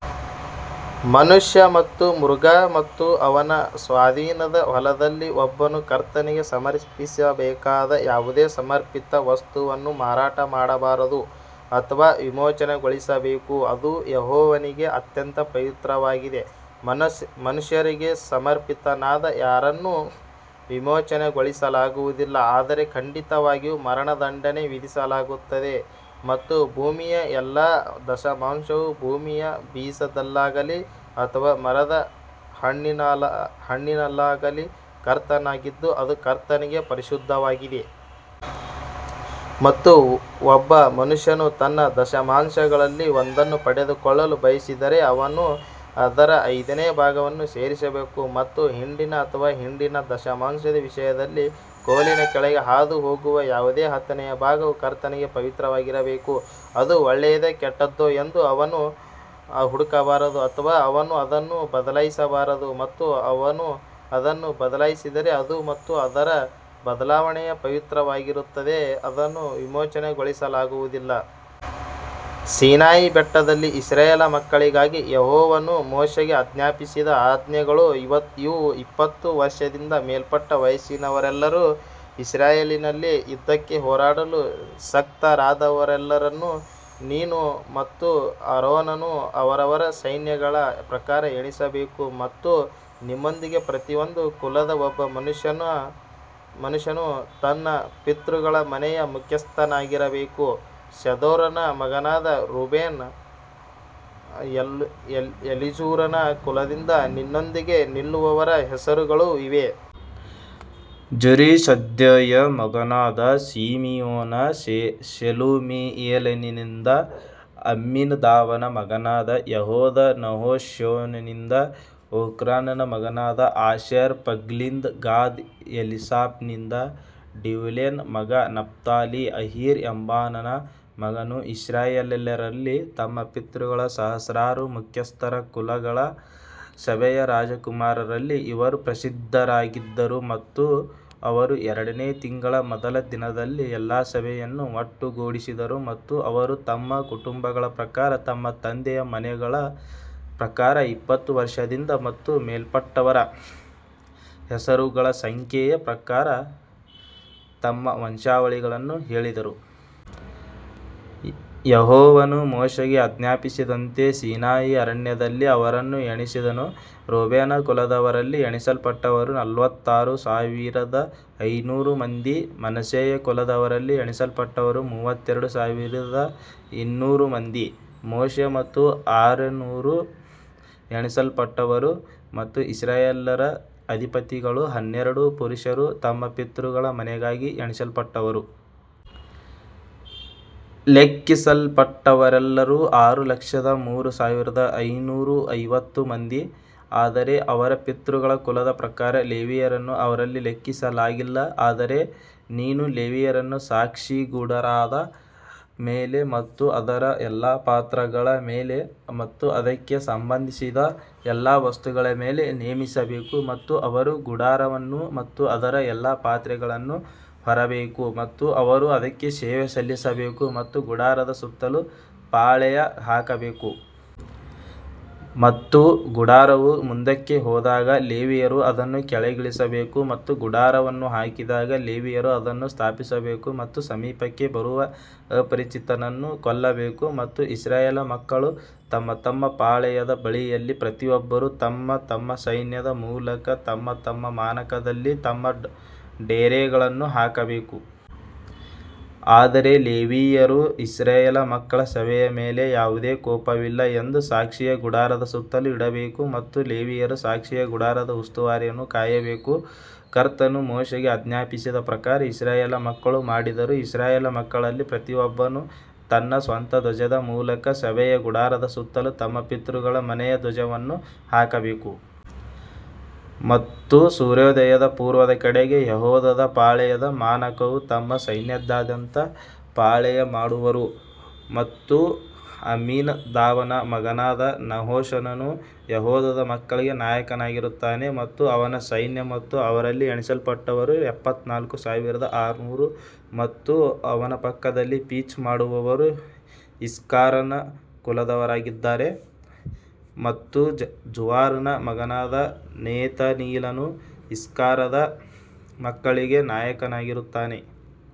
ಮನುಷ್ಯ ಮತ್ತು ಮೃಗ ಮತ್ತು ಅವನ ಸ್ವಾಧೀನದ ಹೊಲದಲ್ಲಿ ಒಬ್ಬನು ಕರ್ತನಿಗೆ ಸಮರ್ಪಿಸಬೇಕಾದ ಯಾವುದೇ ಸಮರ್ಪಿತ ವಸ್ತುವನ್ನು ಮಾರಾಟ ಮಾಡಬಾರದು ಅಥವಾ ವಿಮೋಚನೆಗೊಳಿಸಬೇಕು ಅದು ಯೆಹೋವನಿಗೆ ಅತ್ಯಂತ ಪವಿತ್ರವಾಗಿದೆ. ಮನುಷ್ಯರಿಗೆ ಸಮರ್ಪಿತನಾದ ಯಾರನ್ನೂ ವಿಮೋಚನೆಗೊಳಿಸಲಾಗುವುದಿಲ್ಲ ಆದರೆ ಖಂಡಿತವಾಗಿಯೂ ಮರಣದಂಡನೆ ವಿಧಿಸಲಾಗುತ್ತದೆ ಮತ್ತು ಭೂಮಿಯ ಎಲ್ಲಾ ದಶಮಾಂಶವು ಭೂಮಿಯ ಬೀಜದಲ್ಲಾಗಲಿ ಅಥವಾ ಮರದ ಹಣ್ಣಿನಲ್ಲಾಗಲಿ ಕರ್ತನಾಗಿದ್ದು ಅದು ಕರ್ತನಿಗೆ ಪರಿಶುದ್ಧವಾಗಿದೆ. ಮತ್ತು ಒಬ್ಬ ಮನುಷ್ಯನು ತನ್ನ ದಶಮಾಂಶಗಳಲ್ಲಿ ಒಂದನ್ನು ಪಡೆದುಕೊಳ್ಳಲು ಬಯಸಿದರೆ ಅವನು ಅದರ ಐದನೇ ಭಾಗವನ್ನು ಸೇರಿಸಬೇಕು. ಮತ್ತು ಹಿಂಡಿನ ಅಥವಾ ಹಿಂಡಿನ ದಶಮಾಂಶದ ವಿಷಯದಲ್ಲಿ, ಕೋಲಿನ ಕೆಳಗೆ ಹಾದುಹೋಗುವ ಯಾವುದೇ ಹತ್ತನೆಯ ಭಾಗವು ಕರ್ತನಿಗೆ ಪವಿತ್ರವಾಗಿರಬೇಕು. ಅದು ಒಳ್ಳೆಯದೋ ಕೆಟ್ಟದ್ದೋ ಎಂದು ಅವನು ಹುಡುಕಬಾರದು ಅಥವಾ ಅವನು ಅದನ್ನು ಬದಲಾಯಿಸಬಾರದು ಮತ್ತು ಅವನು ಅದನ್ನು ಬದಲಾಯಿಸಿದರೆ ಅದು ಮತ್ತು ಅದರ ಬದಲಾವಣೆಯು ಪವಿತ್ರವಾಗಿರುತ್ತದೆ ಅದನ್ನು ವಿಮೋಚನೆಗೊಳಿಸಲಾಗುವುದಿಲ್ಲ. ಸೀನಾಯಿ ಬೆಟ್ಟದಲ್ಲಿ ಇಸ್ರಾಯೇಲ್ ಮಕ್ಕಳಿಗಾಗಿ ಯೆಹೋವನು ಮೋಶೆಗೆ ಆಜ್ಞಾಪಿಸಿದ ಆಜ್ಞೆಗಳು ಇವು ಇಪ್ಪತ್ತು ವರ್ಷದಿಂದ ಮೇಲ್ಪಟ್ಟ ವಯಸ್ಸಿನವರೆಲ್ಲರೂ ಇಸ್ರಾಯೇಲಿನಲ್ಲಿ ಯುದ್ಧಕ್ಕೆ ಹೊರಡಲು ಶಕ್ತರಾದವರೆಲ್ಲರನ್ನು ನೀನು ಮತ್ತು ಆರೋನನು ಅವರವರ ಸೈನ್ಯಗಳ ಪ್ರಕಾರ ಎಣಿಸಬೇಕು. ಮತ್ತು ನಿಮ್ಮೊಂದಿಗೆ ಪ್ರತಿಯೊಂದು ಕುಲದ ಒಬ್ಬ ಮನುಷ್ಯನು ತನ್ನ ಪಿತೃಗಳ ಮನೆಯ ಮುಖ್ಯಸ್ಥನಾಗಿರಬೇಕು ಶೆದೂರನ ಮಗನಾದ ರೂಬೇನ್ ಎಲೀಜೂರನ ಕುಲದಿಂದ ನಿನ್ನೊಂದಿಗೆ ನಿಲ್ಲುವವರ ಹೆಸರುಗಳು ಇವೇ. ಜುರಿಶದ್ದೈಯ ಮಗನಾದ ಸಿಮಿಯೋನ್ ಶೆಲುಮಿಯೇಲನಿಂದ ಅಮ್ಮಿನದಾಬನ ಮಗನಾದ ಯೆಹೂದ ನಹಶೋನನಿಂದ ಓಕ್ರಾನನ ಮಗನಾದ ಆಶರ್ ಪಗೀಲ್ನಿಂದ ಗಾದ್ ಎಲೀಸಾಫನಿಂದ ಡ್ಯೂವೇಲನ ಮಗ ನಫ್ತಾಲಿ ಅಹೀರ ಎಂಬಾನನ ಮಗನು ಇಸ್ರಾಯೇಲ್ಯರಲ್ಲಿ ತಮ್ಮ ಪಿತೃಗಳ ಸಹಸ್ರಾರು ಮುಖ್ಯಸ್ಥರ ಕುಲಗಳ ಸಭೆಯ ರಾಜಕುಮಾರರಲ್ಲಿ ಇವರು ಪ್ರಸಿದ್ಧರಾಗಿದ್ದರು. ಮತ್ತು ಅವರು ಎರಡನೇ ತಿಂಗಳ ಮೊದಲ ದಿನದಲ್ಲಿ ಎಲ್ಲಾ ಸಭೆಯನ್ನು ಒಟ್ಟುಗೂಡಿಸಿದರು ಮತ್ತು ಅವರು ತಮ್ಮ ಕುಟುಂಬಗಳ ಪ್ರಕಾರ ತಮ್ಮ ತಂದೆಯ ಮನೆಗಳ ಪ್ರಕಾರ ಇಪ್ಪತ್ತು ವರ್ಷದಿಂದ ಮತ್ತು ಮೇಲ್ಪಟ್ಟವರ ಹೆಸರುಗಳ ಸಂಖ್ಯೆಯ ಪ್ರಕಾರ ತಮ್ಮ ವಂಶಾವಳಿಗಳನ್ನು ಹೇಳಿದರು. ಯೆಹೋವನು ಮೋಶೆಗೆ ಆಜ್ಞಾಪಿಸಿದಂತೆ ಸೀನಾಯಿ ಅರಣ್ಯದಲ್ಲಿ ಅವರನ್ನು ಎಣಿಸಿದನು ರೂಬೇನ್ ಕುಲದವರಲ್ಲಿ ಎಣಿಸಲ್ಪಟ್ಟವರು ನಲವತ್ತಾರು ಸಾವಿರದ ಐನೂರು ಮಂದಿ ಮನಸ್ಸೆಯ ಕುಲದವರಲ್ಲಿ ಎಣಿಸಲ್ಪಟ್ಟವರು ಮೂವತ್ತೆರಡು ಸಾವಿರದ ಇನ್ನೂರು ಮಂದಿ ಮೋಶೆ ಮತ್ತು ಆರೋನರು ಎಣಿಸಲ್ಪಟ್ಟವರು ಮತ್ತು ಇಸ್ರಾಯೇಲ್ಯರ ಅಧಿಪತಿಗಳು ಹನ್ನೆರಡು ಪುರುಷರು ತಮ್ಮ ಪಿತೃಗಳ ಮನೆಗಾಗಿ ಎಣಿಸಲ್ಪಟ್ಟವರು. ಲೆಕ್ಕಿಸಲ್ಪಟ್ಟವರೆಲ್ಲರೂ ಆರು ಲಕ್ಷದ ಮೂರು ಸಾವಿರದ ಐನೂರ ಐವತ್ತು ಮಂದಿ ಆದರೆ ಅವರ ಪಿತೃಗಳ ಕುಲದ ಪ್ರಕಾರ ಲೇವಿಯರನ್ನು ಅವರಲ್ಲಿ ಲೆಕ್ಕಿಸಲಾಗಿಲ್ಲ ಆದರೆ ನೀನು ಲೇವಿಯರನ್ನು ಸಾಕ್ಷಿಗುಡಾರದ ಮೇಲೆ ಮತ್ತು ಅದರ ಎಲ್ಲಾ ಪಾತ್ರೆಗಳ ಮೇಲೆ ಮತ್ತು ಅದಕ್ಕೆ ಸಂಬಂಧಿಸಿದ ಎಲ್ಲಾ ವಸ್ತುಗಳ ಮೇಲೆ ನೇಮಿಸಬೇಕು ಮತ್ತು ಅವರು ಗುಡಾರವನ್ನು ಮತ್ತು ಅದರ ಎಲ್ಲಾ ಪಾತ್ರೆಗಳನ್ನು ಹೊರಬೇಕು ಮತ್ತು ಅವರು ಅದಕ್ಕೆ ಸೇವೆ ಸಲ್ಲಿಸಬೇಕು ಮತ್ತು ಗುಡಾರದ ಸುತ್ತಲೂ ಪಾಳೆಯ ಹಾಕಬೇಕು. ಮತ್ತು ಗುಡಾರವು ಮುಂದಕ್ಕೆ ಹೋದಾಗ ಲೇವಿಯರು ಅದನ್ನು ಕೆಳಗಿಳಿಸಬೇಕು ಮತ್ತು ಗುಡಾರವನ್ನು ಹಾಕಿದಾಗ ಲೇವಿಯರು ಅದನ್ನು ಸ್ಥಾಪಿಸಬೇಕು ಮತ್ತು ಸಮೀಪಕ್ಕೆ ಬರುವ ಅಪರಿಚಿತನನ್ನು ಕೊಲ್ಲಬೇಕು. ಮತ್ತು ಇಸ್ರಾಯೇಲ್ ಮಕ್ಕಳು ತಮ್ಮ ತಮ್ಮ ಪಾಳೆಯದ ಬಳಿಯಲ್ಲಿ ಪ್ರತಿಯೊಬ್ಬರು ತಮ್ಮ ತಮ್ಮ ಸೈನ್ಯದ ಮೂಲಕ ತಮ್ಮ ತಮ್ಮ ಮಾನಕದಲ್ಲಿ ತಮ್ಮ ಡೇರೆಗಳನ್ನು ಹಾಕಬೇಕು. ಆದರೆ ಲೇವಿಯರು ಇಸ್ರಾಯೇಲ್ ಮಕ್ಕಳ ಸಭೆಯ ಮೇಲೆ ಯಾವುದೇ ಕೋಪವಿಲ್ಲ ಎಂದು ಸಾಕ್ಷಿಯ ಗುಡಾರದ ಸುತ್ತಲೂ ಇಡಬೇಕು ಮತ್ತು ಲೇವಿಯರು ಸಾಕ್ಷಿಯ ಗುಡಾರದ ಉಸ್ತುವಾರಿಯನ್ನು ಕಾಯಬೇಕು. ಕರ್ತನು ಮೋಶೆಗೆ ಆಜ್ಞಾಪಿಸಿದ ಪ್ರಕಾರ ಇಸ್ರಾಯೇಲ್ ಮಕ್ಕಳು ಮಾಡಿದರು ಇಸ್ರಾಯೇಲ್ ಮಕ್ಕಳಲ್ಲಿ ಪ್ರತಿಯೊಬ್ಬನು ತನ್ನ ಸ್ವಂತ ಧ್ವಜದ ಮೂಲಕ ಸಭೆಯ ಗುಡಾರದ ಸುತ್ತಲೂ ತಮ್ಮ ಪಿತೃಗಳ ಮನೆಯ ಧ್ವಜವನ್ನು ಹಾಕಬೇಕು. ಮತ್ತು ಸೂರ್ಯೋದಯದ ಪೂರ್ವದ ಕಡೆಗೆ ಯೆಹೂದದ ಪಾಳೆಯದ ಮಾನಕವು ತಮ್ಮ ಸೈನ್ಯದಾದ್ಯಂತ ಪಾಳೆಯಮಾಡುವರು ಮತ್ತು ಅಮ್ಮಿನದಾಬನ ಮಗನಾದ ನಹಶೋನನು ಯೆಹೂದದ ಮಕ್ಕಳಿಗೆ ನಾಯಕನಾಗಿರುತ್ತಾನೆ. ಮತ್ತು ಅವನ ಸೈನ್ಯ ಮತ್ತು ಅವರಲ್ಲಿ ಎಣಿಸಲ್ಪಟ್ಟವರು ಎಪ್ಪತ್ತನಾಲ್ಕು ಸಾವಿರದ ಆರುನೂರು ಮತ್ತು ಅವನ ಪಕ್ಕದಲ್ಲಿ ಪಿಚ್ ಮಾಡುವವರು ಇಸ್ಸಾಕಾರನ ಕುಲದವರಾಗಿದ್ದಾರೆ ಮತ್ತು ಜುವಾರನ ಮಗನಾದ ನೆತನೀಲನು ಇಸ್ಸಾಕಾರನ ಮಕ್ಕಳಿಗೆ ನಾಯಕನಾಗಿರುತ್ತಾನೆ.